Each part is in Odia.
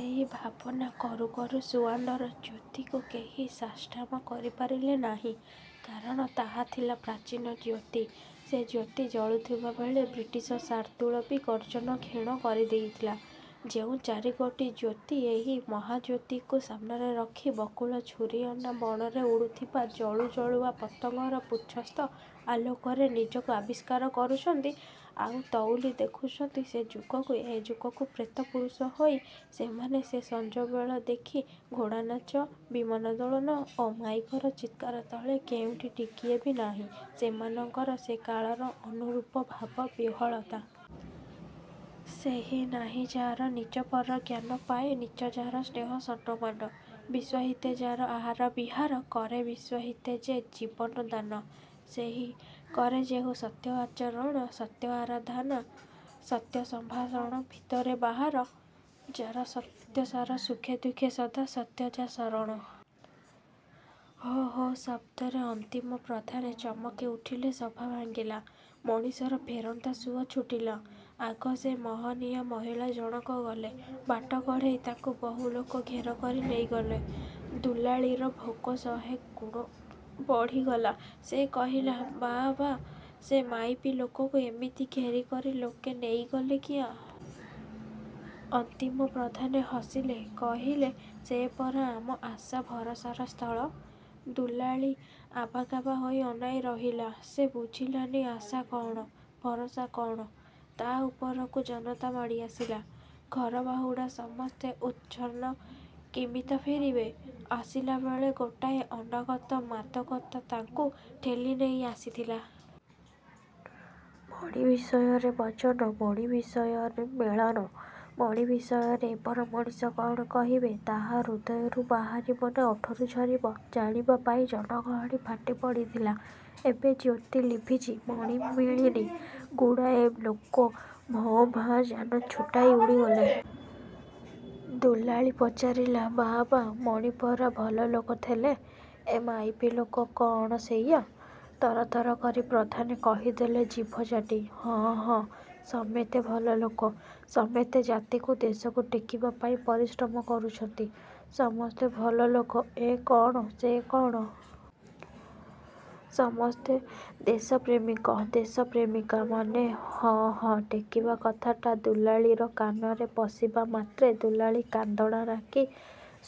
ଏଇ ଭାବନା କରୁକରୁ ସୁଆଣ୍ଡର ଜ୍ୟୋତିକୁ କେହି ସାଷ୍ଟାମ କରିପାରିଲେ ନାହିଁ। କାରଣ ତାହା ଥିଲା ପ୍ରାଚୀନ ଜ୍ୟୋତି। ସେ ଜ୍ୟୋତି ଜଳୁଥିବା ବେଳେ ବ୍ରିଟିଶ ଶାର୍ଦୁଳ ବି ଗର୍ଜନ କ୍ଷୀଣ କରିଦେଇଥିଲା। ଯେଉଁ ଚାରିଗୋଟି ଜ୍ୟୋତି ଏଇ ମହାଜ୍ୟୋତିକୁ ସାମ୍ନାରେ ରଖି ବକୁଳ ଛୁରିଅନା ବଣରେ ଉଡ଼ୁଥିବା ଜଳୁଜଳୁଆ ପତଙ୍ଗର ପୁଚ୍ଛସ୍ଥ ଆଲୋକରେ ନିଜକୁ ଆବିଷ୍କାର କରୁଛନ୍ତି, ଆଉ ତଉଲି ଦେଖୁଛନ୍ତି ସେ ଯୁଗକୁ ଏ ଯୁଗକୁ ପ୍ରେତ ପୁରୁଷ ହୋଇ, ସେମାନେ ସେ ସଞ୍ଜବେଳେ ଦେଖିଲେ ଘୋଡ଼ାନାଚ, ବିମାନ ଦୋଳନ ଓ ମାଇକର ଚିତ୍କାର ତଳେ କେଉଁଠି ଟିକିଏ ବି ନାହିଁ ସେମାନଙ୍କର ସେ କାଳର ଅନୁରୂପ ଭାବ-ବିହ୍ଵଳତା!! "ସେହି, ନାହିଁ ଯା'ର ନିଜ ପର ଜ୍ଞାନ ପାଏ ନୀଚ ଯା'ର ସ୍ନେହ ସନମାନ, ବିଶ୍ଵହିତେ ଯା'ର, ଆହାର ବିହାର, କରେ ବିଶ୍ଵହିତେ ଯେ ଜୀବନ ଦାନ। ସେହି, କରେ ଯେହୁ ସତ୍ୟ ଆଚରଣ ସତ୍ୟ ଆରାଧନା, ସତ୍ୟ ସଂଭାଷଣ ଭିତର ବାହାର, ଯାର ସତ୍ୟ ସାର ସୁଖେ ଦୁଃଖେ ସଦା ସତ୍ୟ ଯା ଶରଣ। ହୋ ହୋ ଶବ୍ଦରେ ଅନ୍ତିମ ପ୍ରଧାନେ ଚମକି ଉଠିଲେ-ସଭା ଭାଙ୍ଗିଲା। ମଣିଷର ଫେରନ୍ତା ସୁଅ ଛୁଟିଲା। ଆଗ ସେ ମହନୀୟା ମହିଳା ଜଣକ ଗଲେ, ବାଟ କଢ଼େଇ ତାଙ୍କୁ ବହୁଲୋକ ଘେର କରି ନେଇଗଲେ। ଦୁଲାଳୀର ଭୋକ ଶହେ ଗୁଣ ବଢ଼ିଗଲା। ସେ କହିଲା–'ବାଆବା, ସେ ମାଇପି ଲୋକକୁ ଏମିତି ଘେରିକରି ଲୋକେ ନେଇଗଲେ କିଆଁ? ଅନ୍ତିମ ପ୍ରଧାନେ ହସିଲେ-କହିଲେ, ସେ ପରା ଆମ ଆଶା-ଭରସାର ସ୍ଥଳ। ଦୁଲାଳୀ ଆବାକାବା ହୋଇ ଅନାଇ ରହିଲା। ସେ ବୁଝିଲାନି ଆଶା କଅଣ, ଭରସା କଅଣ। ତା'ଉପରକୁ ଜନତା ମାଡ଼ିଆସିଲା। ଘରବାହୁଡ଼ା ସମସ୍ତେ….. ଉଚ୍ଛନ୍ନ, କିମିତି ଫେରିବେ। ଆସିଲାବେଳେ ଗୋଟାଏ ଅନାଗତ ମାଦକତା ତାଙ୍କୁ ଠେଲି ନେଇଆସିଥିଲା। ମଣି ବିଷୟରେ ବଚନ, ମଣି ବିଷୟରେ ମେଳନ, ମଣି ବିଷୟରେ ଏବର ମଣିଷ କଅଣ କହିବେ, ତାହା ହୃଦୟରୁ ବାହାରିବ ନା ଓଠରୁ ଝରିବ, ଜାଣିବା ପାଇଁ ଜନଗହଳି ଫାଟିପଡ଼ିଥିଲା। ଏବେ ଜ୍ୟୋତି ଲିଭିଛି, ମଣି ମିଳିନି। ଗୁଡ଼ାଏ ଲୋକ ଭଁ ଭାଁ ଯାନ ଛୁଟାଇ ଉଡ଼ିଗଲେ। ଦୁଲାଳୀ ପଚାରିଲା–ବାଆବା, ମଣି ପରା ଭଲଲୋକ ଥେଲେ, ଏ ମାଇପି ଲୋକ କଅଣ ସେଇଆ? ତରତର କରି ପ୍ରଧାନେ କହିଦେଲେ ଜିଭ ଚାଟି, ହଁ… ହଁ ସମେତେ ଭଲଲୋକ, ସମେତେ ଜାତିକୁ ଦେଶକୁ ଟେକିବା ପାଇଁ ପରିଶ୍ରମ କରୁଛନ୍ତି। ସମସ୍ତେ ଭଲ ଲୋକ-ଏ କଅଣ, ସେ କଅଣ? ସମସ୍ତେ ଦେଶ ପ୍ରେମିକ, ଦେଶ ପ୍ରେମିକା… ମାନେ… ହଁ… ହଁ ଟେକିବା କଥାଟା ଦୁଲାଳୀର କାନରେ ପଶିବାମାତ୍ରେ ଦୁଲାଳୀ କାନ୍ଦଣାନାକୀ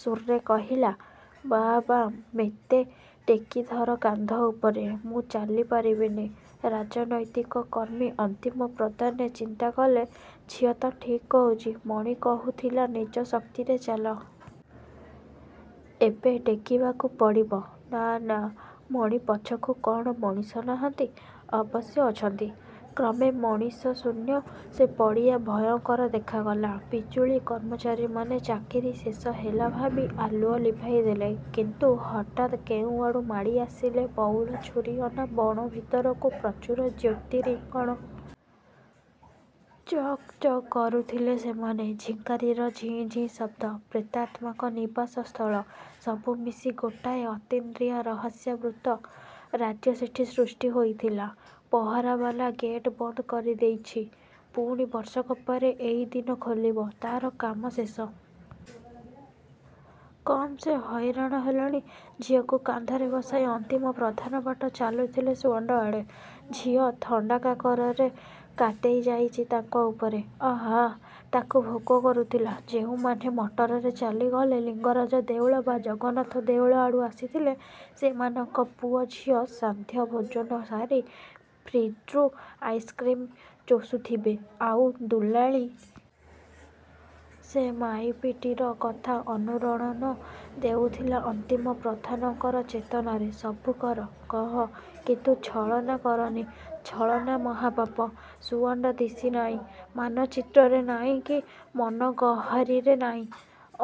ସୁର୍ରେ କହିଲା–ବାଆବା ମେତେ ଟେକିଧର କାନ୍ଧ ଉପରେ। ମୁଁ ଚାଲିପାରିବିନି। ରାଜନୈତିକ କର୍ମୀ ଅନ୍ତିମ ପ୍ରଧାନେ ଚିନ୍ତାକଲେ, ଝିଅ ତ ଠିକ୍ କହୁଛି। ମଣି କହୁଥିଲା–ନିଜ ଶକ୍ତିରେ ଚାଲ। ଏବେ ଟେକିବାକୁ ପଡ଼ିବ। ନା, ନା, ମଣି ପଛକୁ କଅଣ ମଣିଷ ନାହାନ୍ତି? ଅବଶ୍ୟ ଅଛନ୍ତି। କ୍ରମେ ମଣିଷଶୂନ୍ୟ ସେ ପଡ଼ିଆ ଭୟଙ୍କର ଦେଖାଗଲା। ବିଜୁଳୀ କର୍ମଚାରୀମାନେ ଚାକିରି ଶେଷ ହେଲା ଭାବି ଆଲୁଅ ଲିଭାଇଦେଲେ; କିନ୍ତୁ ହଠାତ୍ କେଉଁଆଡ଼ୁ ମାଡ଼ିଆସିଲେ ବଉଳ ଛୁରିଅନା ବଣ ଭିତରକୁ ପ୍ରଚୁର ଜ୍ୟୋତିରିଙ୍ଗଣ। ଚକ୍... ଚକ୍ କରୁଥିଲେ ସେମାନେ। ଝିଙ୍କାରୀର ଝିଁ ଝିଁ ଶବ୍ଦ। ପ୍ରେତାତ୍ମାଙ୍କ ନିବାସ ସ୍ଥଳ, ସବୁ ମିଶି ଗୋଟାଏ ଅତୀନ୍ଦ୍ରିୟ ରହସ୍ୟାବୃତ ରାଜ୍ୟ ସେଠି ସୃଷ୍ଟି ହୋଇଥିଲା। ପହରାବାଲା ଗେଟ୍ ବନ୍ଦ କରିଦେଇଛି; ପୁଣି ବର୍ଷକ ପରେ ଏଇ ଦିନ ଖୋଲିବ। ତାର କାମ ଶେଷ। କମ୍ ସେ ହଇରାଣ ହେଲାଣି? ଝିଅକୁ କାନ୍ଧରେ ବସାଇ ଅନ୍ତିମ ପ୍ରଧାନ ବାଟ ଚାଲୁଥିଲେ ସୁଆଣ୍ଡ ଆଡ଼େ। ଝିଅ ଥଣ୍ଡା-କାକରରେ କାତେଇଯାଇଛି ତାଙ୍କ ଉପରେ। ଆହା, ତାକୁ ଭୋକ କରୁଥିଲା। ଯେଉଁମାନେ ମଟରରେ ଚାଲିଗଲେ ଲିଙ୍ଗରାଜ ଦେଉଳ ବା ଜଗନ୍ନାଥ ଦେଉଳ ଆଡ଼ୁ ଆସିଥିଲେ, ସେମାନଙ୍କ ପୁଅ ଝିଅ ସାନ୍ଧ୍ୟ ଭୋଜନ ସାରି ଫ୍ରିଜ୍ରୁ ଆଇସ୍କ୍ରିମ୍ ଚୋଷୁଥିବେ, ଆଉ ଦୁଲାଳୀ...? ସେ ମାଇପିଟିର କଥା ଅନୁରଣନ ଦେଉଥିଲା ଅନ୍ତିମ ପ୍ରଧାନଙ୍କର ଚେତନାରେ... ସବୁ କର, କହ; କିନ୍ତୁ ଛଳନା କରନି। ଛଳନା ମହାପାପ। ସୁଆଣ୍ଡ ଦିଶିନାଇଁ। ମାନଚିତ୍ରରେ ନାଇଁ କି ମନଗହୀରରେ ନାଇଁ।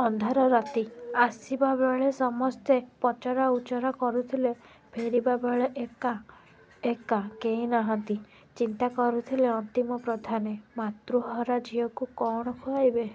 ଅନ୍ଧାର ରାତି। ଆସିବାବେଳେ ସମସ୍ତେ ପଚରାଉଚରା କରୁଥିଲେ, ଫେରିବା ବେଳେ ଏକା... ଏକା, କେହି ନାହାନ୍ତି-। ଚିନ୍ତା କରୁଥିଲେ ଅନ୍ତିମ ପ୍ରଧାନେ। ମାତୃହରା ଝିଅକୁ କଅଣ ଖୁଆଇବେ?